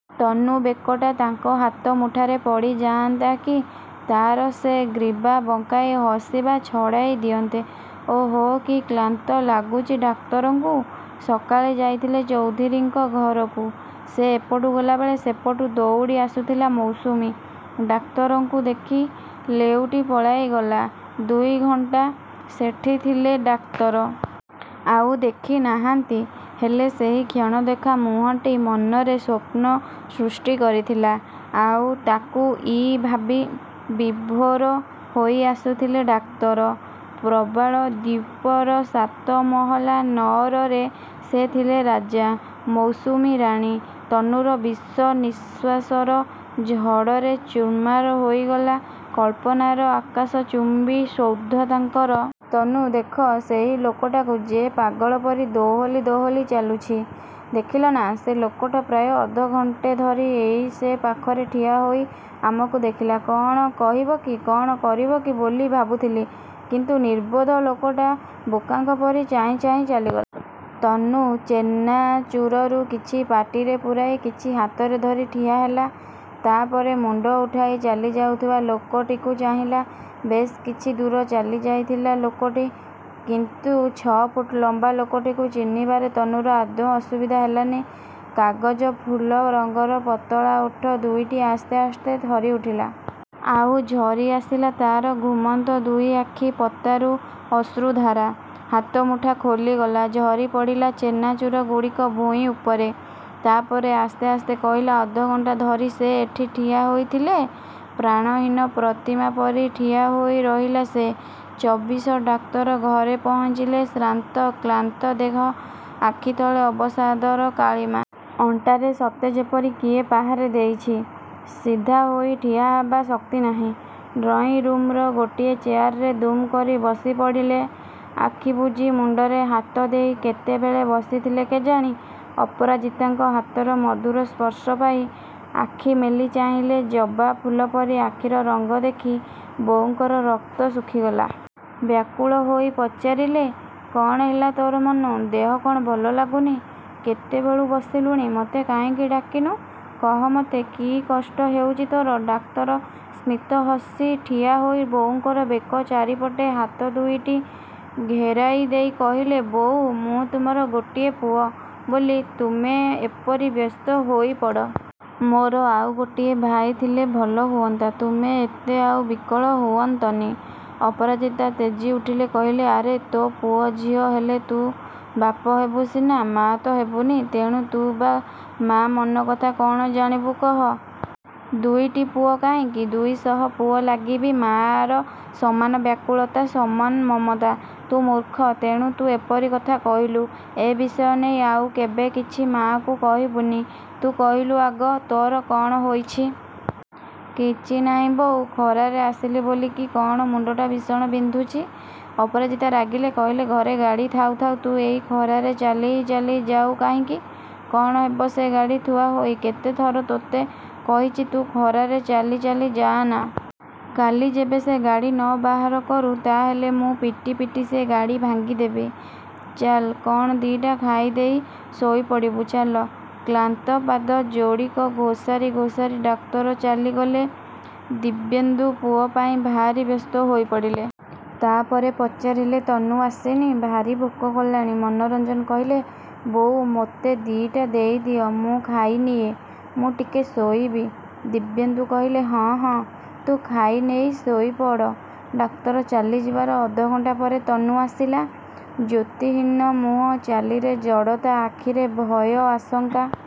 ତନୁ ବେକଟା ତାଙ୍କ ହାତମୁଠାରେ ପଡ଼ିଯାଆନ୍ତା କି ତା'ର ସେ ଗ୍ରୀବା ବଙ୍କାଇ ହସିବା ଛଡ଼ାଇ ଦିଅନ୍ତେ। ଓଃ, କି କ୍ଳାନ୍ତ ଲାଗୁଛି ଡାକ୍ତରଙ୍କୁ। ସକାଳେ ଯାଇଥିଲେ ଚୌଧୁରୀଙ୍କ ଘରକୁ। ସେ ଏପଟୁ ଗଲାବେଳେ ସେପଟୁ ଦଉଡ଼ିଆସୁଥିଲା ମୌସୁମୀ। ଡାକ୍ତରଙ୍କୁ ଦେଖି ଲେଉଟି ପଳାଇଗଲା। ଦୁଇଘଣ୍ଟା ସେଠି ଥିଲେ ଡାକ୍ତର। ଆଉ ଦେଖିନାହାନ୍ତି। ହେଲେ ସେହି କ୍ଷଣଦେଖା ମୁହଁଟି ମନରେ ସ୍ୱପ୍ନ ସୃଷ୍ଟି କରିଥିଲା। ଆଉ ତାକୁଇ ଭାବି ବିଭୋର ହୋଇଆସୁଥିଲେ ଡାକ୍ତର। ପ୍ରବାଳ ଦ୍ୱୀପର ସାତମହଲା ନଅରରେ ସେ ଥିଲେ ରାଜା, ମୌସୁମୀ ରାଣୀ। ତନୁର ବିଷ ନିଃଶ୍ୱାସର ଝଡ଼ରେ ଚୁର୍ମାର ହୋଇଗଲା କଳ୍ପନାର ଆକାଶଚୁମ୍ୱୀ ସୌଧ ତାଙ୍କର। –ତନୁ ଦେଖ, ସେହି ଲୋକଟାକୁ ଯେ ପାଗଳ ପରି ଦୋହଲି ଦୋହଲି ଚାଲୁଛି। ଦେଖିଲ ନା। ସେ ଲୋକଟା ପ୍ରାୟ ଅଧଘଣ୍ଟେ ଧରି ଏଇ ସେ ପାଖରେ ଠିଆ ହୋଇ ଆମକୁ ଦେଖିଲା। କ'ଣ କହିବକି କ'ଣ କରିବକି ବୋଲି ଭାବୁଥିଲି। କିନ୍ତୁ ନିର୍ବୋଧ ଲୋକଟା, ବୋକାଙ୍କ ପରି ଚାହିଁଚାହିଁ ଚାଲିଗଲା। ତନୁ ଚେନାଚୁରରୁ କିଛି ପାଟିରେ ପୂରାଇ କିଛି ହାତରେ ଧରି ଠିଆହେଲା। ତା' ପରେ ମୁଣ୍ଡ ଉଠାଇ ଚାଲିଯାଉଥିବା ଲୋକଟିକୁ ଚାହିଁଲା। ବେଶ୍ କିଛି ଦୂର ଚାଲିଯାଇଥିଲା ଲୋକଟି। କିନ୍ତୁ ଛଅଫୁଟ ଲମ୍ୱା ଲୋକଟିକୁ ଚିହ୍ନିବାରେ ତନୁର ଆଦୌ ଅସୁବିଧା ହେଲାନି। କାଗଜ ଫୁଲ ରଙ୍ଗର ପତଳା ଓଠ ଦୁଇଟି ଆସ୍ତେ ଆସ୍ତେ ଥରିଉଠିଲା। ଆଉ, ଝରିଆସିଲା ତା'ର ଘୁମନ୍ତ ଦୁଇଆଖି ପତାରୁ ଅଶ୍ରୁଧାରା। ହାତମୁଠା ଖୋଲିଗଲା। ଝରିପଡ଼ିଲା ଚେନାଚୁରଗୁଡ଼ିକ ଭୂଇଁ ଉପରେ। ତାପରେ ଆସ୍ତେ ଆସ୍ତେ କହିଲା–ଅଧଘଣ୍ଟା ଧରି ସେ ଏଠି ଠିଆ ହୋଇଥିଲେ? ପ୍ରାଣହୀନ ପ୍ରତିମା ପରି ଠିଆହୋଇ ରହିଲା ସେ। ଚବିଶ ଡାକ୍ତର ଘରେ ପହଞ୍ଚିଲେ। ଶ୍ରାନ୍ତ କ୍ଳାନ୍ତ ଦେହ, ଆଖିତଳେ ଅବସାଦର କାଳିମା। ଅଣ୍ଟାରେ ସତେଯେପରି କିଏ ପାହାରେ ଦେଇଛି। ସିଧା ହୋଇ ଠିଆହେବା ଶକ୍ତି ନାହିଁ। ଡ୍ରଇଂରୁମ୍ର ଗୋଟିଏ ଚେୟାରରେ ଦୁମ୍ କରି ବସିପଡ଼ିଲେ ଆଖିବୁଜି ମୁଣ୍ଡରେ ହାତଦେଇ। କେତେବେଳେ ବସିଥିଲେ କେଜାଣି ଅପରାଜିତାଙ୍କ ହାତର ମଧୁର ସ୍ପର୍ଶ ପାଇ ଆଖି ମେଲି ଚାହିଁଲେ। ଜବା ଫୁଲ ପରି ଆଖିର ରଙ୍ଗ ଦେଖି ବୋଉଙ୍କର ରକ୍ତ ଶୁଖିଗଲା। ବ୍ୟାକୁଳ ହୋଇ ପଚାରିଲେ–କ'ଣ ହେଲା ତୋର ମନୁ? ଦେହ କ'ଣ ଭଲଲାଗୁନି? କେତେବେଳୁ ବସିଲୁଣି? ମତେ କାହିଁକି ଡାକିନୁ? କହ ମତେ, କି କଷ୍ଟ ହେଉଛି ତୋର? ଡାକ୍ତର ସ୍ମିତ ହସି ଠିଆହୋଇ ବୋଉଙ୍କର ବେକ ଚାରିପଟେ ହାତ ଦୁଇଟି ଘେରାଇ ଦେଇ କହିଲେ–ବୋଉ, ମୁଁ ତୁମର ଗୋଟିଏ ପୁଅ ବୋଲି ତୁମେ ଏପରି ବ୍ୟସ୍ତ ହୋଇପଡ଼। ମୋର ଆଉ ଗୋଟିଏ ଭାଇ ଥିଲେ ଭଲହୁଅନ୍ତା। ତୁମେ ଏତେ ଆଉ ବିକଳ ହୁଅନ୍ତନି। ଅପରାଜିତା ତେଜିଉଠିଲେ। କହିଲେ–ଆରେ ତୋ ପୁଅ ଝିଅ ହେଲେ ତୁ ବାପ ହେବୁ ସିନା, ମାଆ ତ ହେବୁନି। ତେଣୁ ତୁ ବା ମା' ମନକଥା କ'ଣ ଜାଣିବୁ କହ? ଦୁଇଟି ପୁଅ କାହିଁକି, ଦୁଇଶହ ପୁଅ ଲାଗି ବି ମାଆର ସମାନ ବ୍ୟାକୁଳତା, ସମାନ ମମତା। ତୁ ମୂର୍ଖ,। ତେଣୁ ତୁ ଏପରି କଥା କହିଲୁ। ଏ ବିଷୟ ନେଇ ଆଉ କେବେ କିଛି ମାଆକୁ କହିବୁନି। ତୁ କହିଲୁ ଆଗ ତୋର କ'ଣ ହୋଇଛି? –କିଛି ନାଇଁ ବୋଉ। ଖରାରେ ଆସିଲି ବୋଲି କି କ'ଣ ମୁଣ୍ଡଟା ଭୀଷଣ ବିନ୍ଧୁଛି। ଅପରାଜିତା ରାଗିଲେ। କହିଲେ–ଘରେ ଗାଡ଼ି ଥାଉ ଥାଉ ତୁ ଏଇ ଖରାରେ ଚାଲି ଚାଲି ଯାଉ କାହିଁକି? କ'ଣ ହେବ ସେ ଗାଡ଼ି ଥୁଆହୋଇ? କେତେଥର ତୋତେ କହିଛି ତୁ ଖରାରେ ଚାଲି ଚାଲି ଯାଆନା। କାଲି ଯେବେ ସେ ଗାଡ଼ି ନ ବାହାର କରୁ ତାହାହେଲେ ମୁଁ ପିଟି ପିଟି ସେ ଗାଡ଼ି ଭାଙ୍ଗିଦେବି। ଚାଲ୍ କ'ଣ ଦିଇଟା ଖାଇଦେଇ ଶୋଇପଡ଼ିବୁ। –ଚାଲ। କ୍ଳାନ୍ତ ପାଦ ଯୋଡ଼ିକ ଘୋସାରି ଘୋସାରି ଡାକ୍ତର ଚାଲିଗଲେ। ଦିବ୍ୟେନ୍ଦୁ ପୁଅ ପାଇଁ ଭାରି ବ୍ୟସ୍ତ ହୋଇପଡ଼ିଲେ। ତାପରେ ପଚାରିଲେ ତନୁ... ଆସିନି? ଭାରି ଭୋକ କଲାଣି। ମନୋରଞ୍ଜନ କହିଲେ–ବୋଉ ମୋତେ ଦିଇଟା ଦେଇଦିଅ। ମୁଁ ଖାଇନିଏ। ମୁଁ ଟିକେ ଶୋଇବି। ଦିବ୍ୟେନ୍ଦୁ କହିଲେ–ହଁ ହଁ, ତୁ ଖାଇନେଇ ଶୋଇପଡ଼। ଡାକ୍ତର ଚାଲିଯିବାର ଅଧଘଣ୍ଟା ପରେ ତନୁ ଆସିଲା। ଜ୍ୟୋତିହୀନ ମୁହଁ, ଚାଲିରେ ଜଡ଼ତା, ଆଖିରେ ଭୟ, ଆଶଙ୍କା।